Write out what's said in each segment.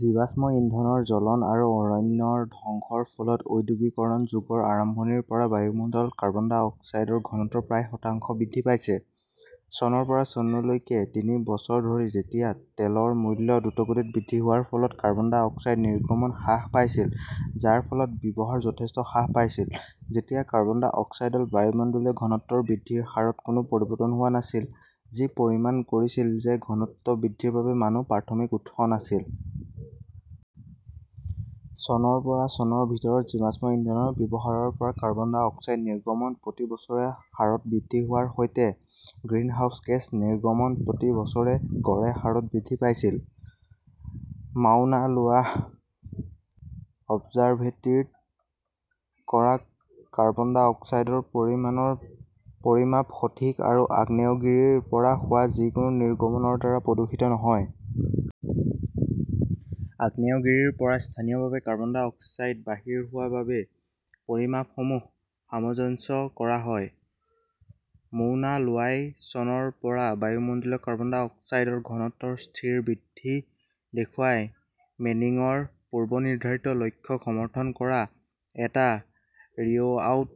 জীৱাশ্ম ইন্ধনৰ জ্বলন আৰু অৰণ্য ধ্বংসৰ ফলত ঔদ্যোগিকৰণৰ যুগৰ আৰম্ভণিৰ পৰা বায়ুমণ্ডলত কাৰ্বন ডাই অক্সাইডৰ ঘনত্ব প্ৰায় শতাংশ বৃদ্ধি পাইছে। চনৰ পৰা চনলৈকে তিনি বছৰ ধৰি যেতিয়া তেলৰ মূল্য দ্ৰুতগতিত বৃদ্ধি হোৱাৰ ফলত কাৰ্বন ডাই অক্সাইড নিৰ্গমন হ্ৰাস পাইছিল যাৰ ফলত ব্যৱহাৰ যথেষ্ট হ্ৰাস পাইছিল, তেতিয়া কাৰ্বন ডাই অক্সাইডৰ বায়ুমণ্ডলীয় ঘনত্ব বৃদ্ধিৰ হাৰত কোনো পৰিৱৰ্তন হোৱা নাছিল যি প্ৰমাণ কৰিছিল যে ঘনত্ব বৃদ্ধিৰ বাবে মানুহ প্ৰাথমিক উৎস নাছিল। চনৰ পৰা চনৰ ভিতৰত, জীৱাশ্ম ইন্ধনৰ ব্যৱহাৰৰ পৰা কাৰ্বন ডাই অক্সাইড নিৰ্গমন প্ৰতি বছৰে হাৰত বৃদ্ধি হোৱাৰ সৈতে গ্ৰীণহাউচ গেছ নিৰ্গমন প্ৰতি বছৰে গড়ে হাৰত বৃদ্ধি পাইছিল। মাউনা লোৱা অবজাৰভেটৰীত কৰা কাৰ্বন ডাই অক্সাইডৰ পৰিমাণৰ পৰিমাপ সঠিক আৰু আগ্নেয়গিৰিৰ পৰা হোৱা যিকোনো নিৰ্গমনৰ দ্বাৰা প্ৰদূষিত নহয়। আগ্নেয়গিৰিৰ পৰা স্থানীয়ভাৱে কাৰ্বন ডাই অক্সাইড বাহিৰ হোৱাৰ বাবে পৰিমাপসমূহ সামঞ্জস্য কৰা হয়। 'মৌনা লোৱাই চনৰ পৰা বায়ুমণ্ডলীয় কাৰ্বন ডাই অক্সাইডৰ ঘনত্বৰ স্থিৰ বৃদ্ধি দেখুৱাই মেনিংৰ পূৰ্বনিৰ্ধাৰিত লক্ষ্যক সমৰ্থন কৰা এটা ৰিডআউট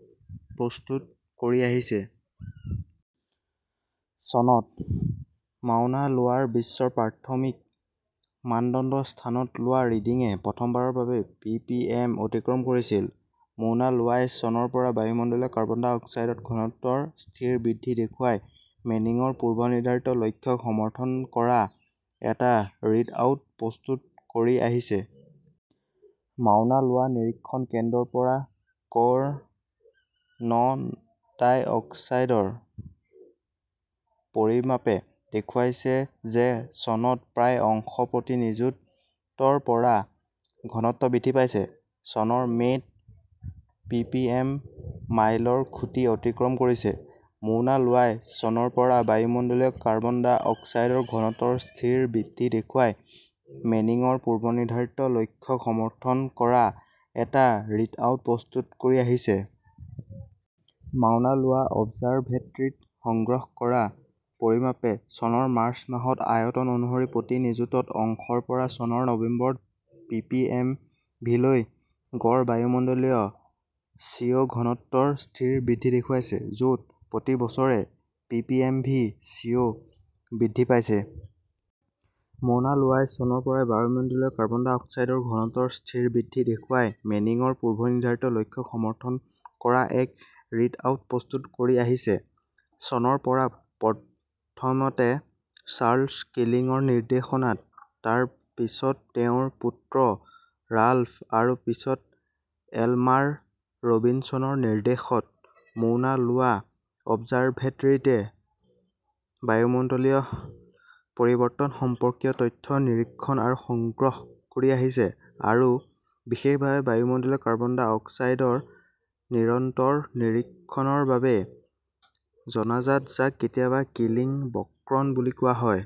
প্ৰস্তুত কৰি আহিছে। চনত, মাউনা লোৱাৰ বিশ্বৰ প্ৰাথমিক মানদণ্ড স্থানত লোৱা ৰিডিংয়ে প্ৰথমবাৰৰ বাবে পিপিএম অতিক্ৰম কৰিছিল। 'মৌনা লোৱাই চনৰ পৰা বায়ুমণ্ডলীয় কাৰ্বন ডাই অক্সাইডৰ ঘনত্বৰ স্থিৰ বৃদ্ধি দেখুৱাই মেনিংৰ পূৰ্বনিৰ্ধাৰিত লক্ষ্যক সমৰ্থন কৰা এটা ৰিডআউট প্ৰস্তুত কৰি আহিছে। মাউনা লোৱা নিৰীক্ষণ কেন্দ্ৰৰ পৰা ক 'ৰ' ন ডাই অক্সাইডৰ পৰিমাপে দেখুৱাইছে যে চনত প্ৰায় অংশ প্ৰতি নিযুত ৰ পৰা ঘনত্ব বৃদ্ধি পাইছে, চনৰ মে 'ত পিপিএম মাইলৰ খুঁটি অতিক্ৰম কৰিছে। 'মৌনা লোৱাই চনৰ পৰা বায়ুমণ্ডলীয় কাৰ্বন ডাই অক্সাইডৰ ঘনত্বৰ স্থিৰ বৃদ্ধি দেখুৱাই মেনিংৰ পূৰ্বনিৰ্ধাৰিত লক্ষ্যক সমৰ্থন কৰা এটা ৰিডআউট প্ৰস্তুত কৰি আহিছে। মাউনা লোৱা অবজাৰভেটৰীত সংগ্ৰহ কৰা পৰিমাপে চনৰ মাৰ্চ মাহত আয়তন অনুসৰি প্ৰতি নিযুতত অংশৰ পৰা চনৰ নৱেম্বৰত পিপিএমভি-লৈ গড় বায়ুমণ্ডলীয় চিঅ " ঘনত্বৰ স্থিৰ বৃদ্ধি দেখুৱাইছে, য" ত প্ৰতি বছৰে ~ পিপিএমভি চিঅ " বৃদ্ধি পাইছে। 'মৌনা লোৱাই চনৰ পৰা বায়ুমণ্ডলীয় কাৰ্বন ডাই অক্সাইডৰ ঘনত্বৰ স্থিৰ বৃদ্ধি দেখুৱাই মেনিংৰ পূৰ্বনিৰ্ধাৰিত লক্ষ্যক সমৰ্থন কৰা এটা ৰিডআউট প্ৰস্তুত কৰি আহিছে। চনৰ পৰা, প্ৰথমতে চাৰ্লছ কিলিংৰ নিৰ্দেশনাত, তাৰ পিছত তেওঁৰ পুত্ৰ ৰাল্ফ আৰু পিছত এলমাৰ ৰবিনছনৰ নিৰ্দেশত, মৌনা লোৱা অবজাৰভেটৰীয়ে বায়ুমণ্ডলীয় পৰিৱৰ্তন সম্পৰ্কীয় তথ্য নিৰীক্ষণ আৰু সংগ্ৰহ কৰি আহিছে, আৰু বিশেষভাৱে বায়ুমণ্ডলীয় কাৰ্বন ডাই অক্সাইড ৰ নিৰন্তৰ নিৰীক্ষণৰ বাবে জনাজাত, যাক কেতিয়াবা কিলিং বক্ৰণ বুলি কোৱা হয়।